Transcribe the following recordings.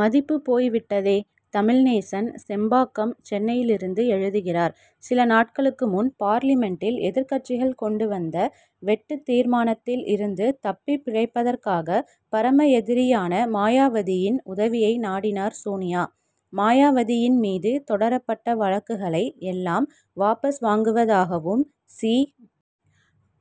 மதிப்பு போய் விட்டதே! தமிழ்நேசன், செம்பாக்கம், சென்னையிலிருந்து எழுதுகிறார் சில நாட்களுக்கு முன் பார்லிமென்டில், எதிர்க்கட்சிகள் கொண்டு வந்த வெட்டுத் தீர்மானத்தில் இருந்து தப்பிப் பிழைப்பதற்காக, பரம எதிரியான மாயாவதியின் உதவியை நாடினார் சோனியா. மாயாவதியின் மீது தொடரப்பட்ட வழக்குகளை எல்லாம் வாபஸ் வாங்குவதாகவும், சி.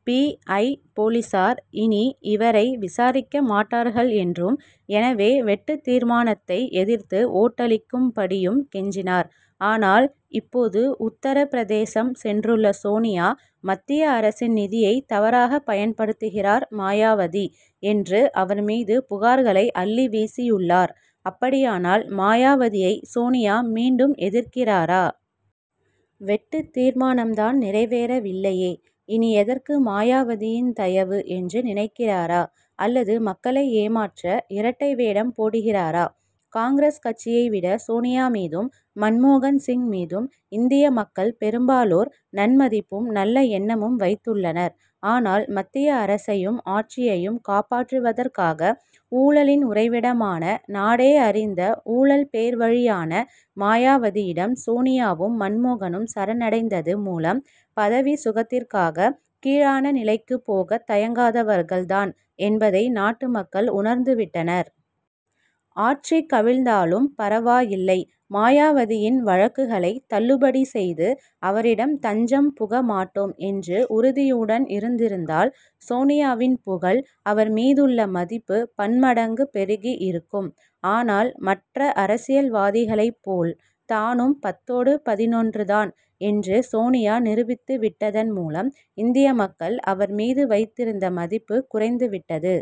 பி. ஐ. போலீசார் இனி இவரை விசாரிக்க மாட்டார்கள் என்றும், எனவே, வெட்டுத் தீர்மானத்தை எதிர்த்து ஓட்டளிக்கும் படியும் கெஞ்சினார். ஆனால், இப்போது உத்தரப்பிரதேசம் சென்றுள்ள சோனியா, மத்திய அரசின் நிதியை தவறாக பயன்படுத்துகிறார் மாயாவதி' என்று, அவர் மீது புகார்களை அள்ளி வீசியுள்ளார். அப்படியானால், மாயாவதியை சோனியா மீண்டும் எதிர்க்கிறாரா? வெட்டுத் தீர்மானம் தான் நிறைவேறவில்லையேஇனி எதற்கு மாயாவதியின் தயவு என்று நினைக்கிறாரா அல்லது மக்களை ஏமாற்ற இரட்டை வேடம் போடுகிறாரா? காங்கிரஸ் கட்சியை விட சோனியா மீதும், மன்மோகன் சிங் மீதும், இந்திய மக்கள் பெரும்பாலோர் நன்மதிப்பும், நல்ல எண்ணமும் வைத்துள்ளனர். ஆனால், மத்திய அரசையும், ஆட்சியையும் காப்பாற்றுவதற்காக, ஊழலின் உறைவிடமான, நாடே அறிந்த ஊழல் பேர்வழியான மாயாவதியிடம், சோனியாவும், மன்மோகனும் சரணடைந்தது மூலம், பதவி சுகத்திற்காக, கீழான நிலைக்குப் போகத் தயங்காதவர்கள் தான் என்பதை நாட்டு மக்கள் உணர்ந்து விட்டனர். ஆட்சி கவிழ்ந்தாலும் பரவாயில்லை, மாயாவதியின் வழக்குகளை தள்ளுபடி செய்து அவரிடம் தஞ்சம் புக மாட்டோம்' என்று உறுதியுடன் இருந்திருந்தால், சோனியாவின் புகழ், அவர் மீதுள்ள மதிப்பு பன்மடங்கு பெருகி இருக்கும். ஆனால், மற்ற அரசியல்வாதிகளைப் போல் தானும், பத்தோடு பதினொன்றுதான் என்று சோனியா நிரூபித்து விட்டதன் மூலம், இந்திய மக்கள் அவர் மீது வைத்திருந்த மதிப்பு குறைந்து விட்டது.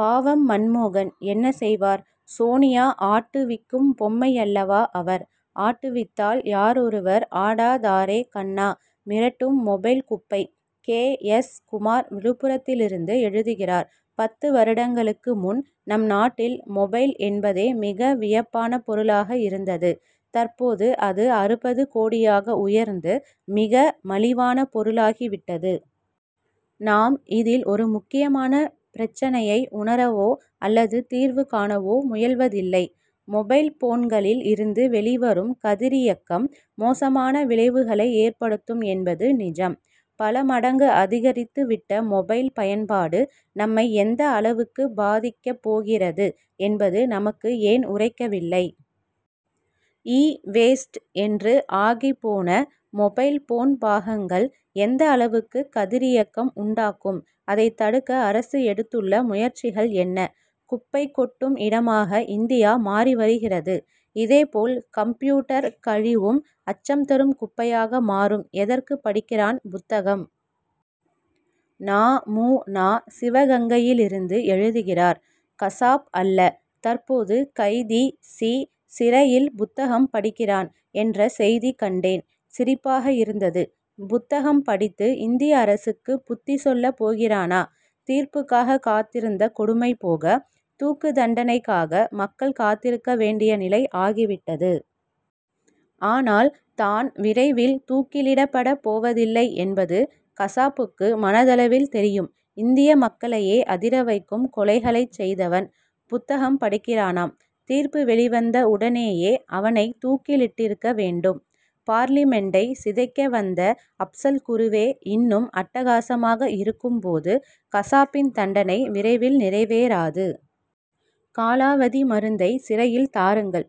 பாவம், மன்மோகன் என்ன செய்வார்? சோனியா ஆட்டு விக்கும் பொம்மையல்லவா அவர்! ஆட்டுவித்தால் யாரொருவர் ஆடாதாரே கண்ணா? மிரட்டும் மொபைல் குப்பை! கே. எஸ். குமார், விழுப்புரத்திலிருந்து எழுதுகிறார் பத்து வருடங்களுக்கு முன், நம் நாட்டில் மொபைல் என்பதே, மிக வியப்பான பொருளாக இருந்தது. தற்போது அது அறுபது கோடியாக உயர்ந்து, மிக மலிவான பொருளாகி விட்டது. நாம் இதில் ஒரு முக்கியமான பிரச்சனையை உணரவோ அல்லது தீர்வு காணவோ முயல்வதில்லை. மொபைல்போன்களில் இருந்து வெளிவரும் கதிரியக்கம், மோசமான விளைவுகளை ஏற்படுத்தும் என்பது நிஜம். பல மடங்கு அதிகரித்து விட்ட மொபைல் பயன்பாடு, நம்மை எந்த அளவுக்கு பாதிக்கப் போகிறது என்பது, நமக்கு ஏன் உறைக்கவில்லை? இ வேஸ்ட்' என்று ஆகிப்போன மொபைல் போன் பாகங்கள், எந்த அளவுக்கு கதிரியக்கம் உண்டாக்கும்? அதைத் தடுக்க அரசு எடுத்துள்ள முயற்சிகள் என்ன? குப்பைக் கொட்டும் இடமாக இந்தியா மாறி வருகிறது. இதே போல் கம்ப்யூட்டர் கழிவும், அச்சம் தரும் குப்பையாக மாறும். எதற்கு படிக்கிறான் புத்தகம்! நா. மு. நா., சிவகங்கையிலிருந்து எழுதுகிறார் கசாப் அல்ல, தற்போது கைதி சி-, சிறையில் புத்தகம் படிக்கிறான்' என்ற செய்தி கண்டேன்; சிரிப்பாக இருந்தது. புத்தகம் படித்து, இந்திய அரசுக்கு புத்தி சொல்லப் போகிறானா? தீர்ப்புக்காக காத்திருந்த கொடுமை போக, தூக்கு தண்டனைக்காக, மக்கள் காத்திருக்க வேண்டிய நிலை ஆகிவிட்டது. ஆனால், தான் விரைவில் தூக்கிலிடப்பட போவதில்லை என்பது, கசாப்புக்கு மனதளவில் தெரியும். இந்திய மக்களையே அதிர வைக்கும் கொலைகளைச் செய்தவன், புத்தகம் படிக்கிறானாம். தீர்ப்பு வெளிவந்த உடனேயே, அவனைத் தூக்கிலிட்டிருக்க வேண்டும். பார்லிமென்டை சிதைக்க வந்த அப்சல் குருவே இன்னும், அட்டகாசமாக இருக்கும் போது, கசாப்பின் தண்டனை விரைவில் நிறைவேறாது. காலாவதி மருந்தை சிறையில் தாருங்கள்!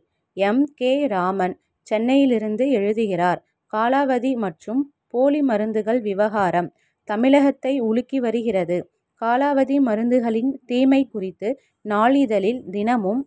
எம். கே. ராமன், சென்னையிலிருந்து எழுதுகிறார் காலாவதி மற்றும் போலி மருந்துகள் விவகாரம், தமிழகத்தை உலுக்கி வருகிறது. காலாவதி மருந்துகளின் தீமை குறித்து, நாளிதழில் தினமும்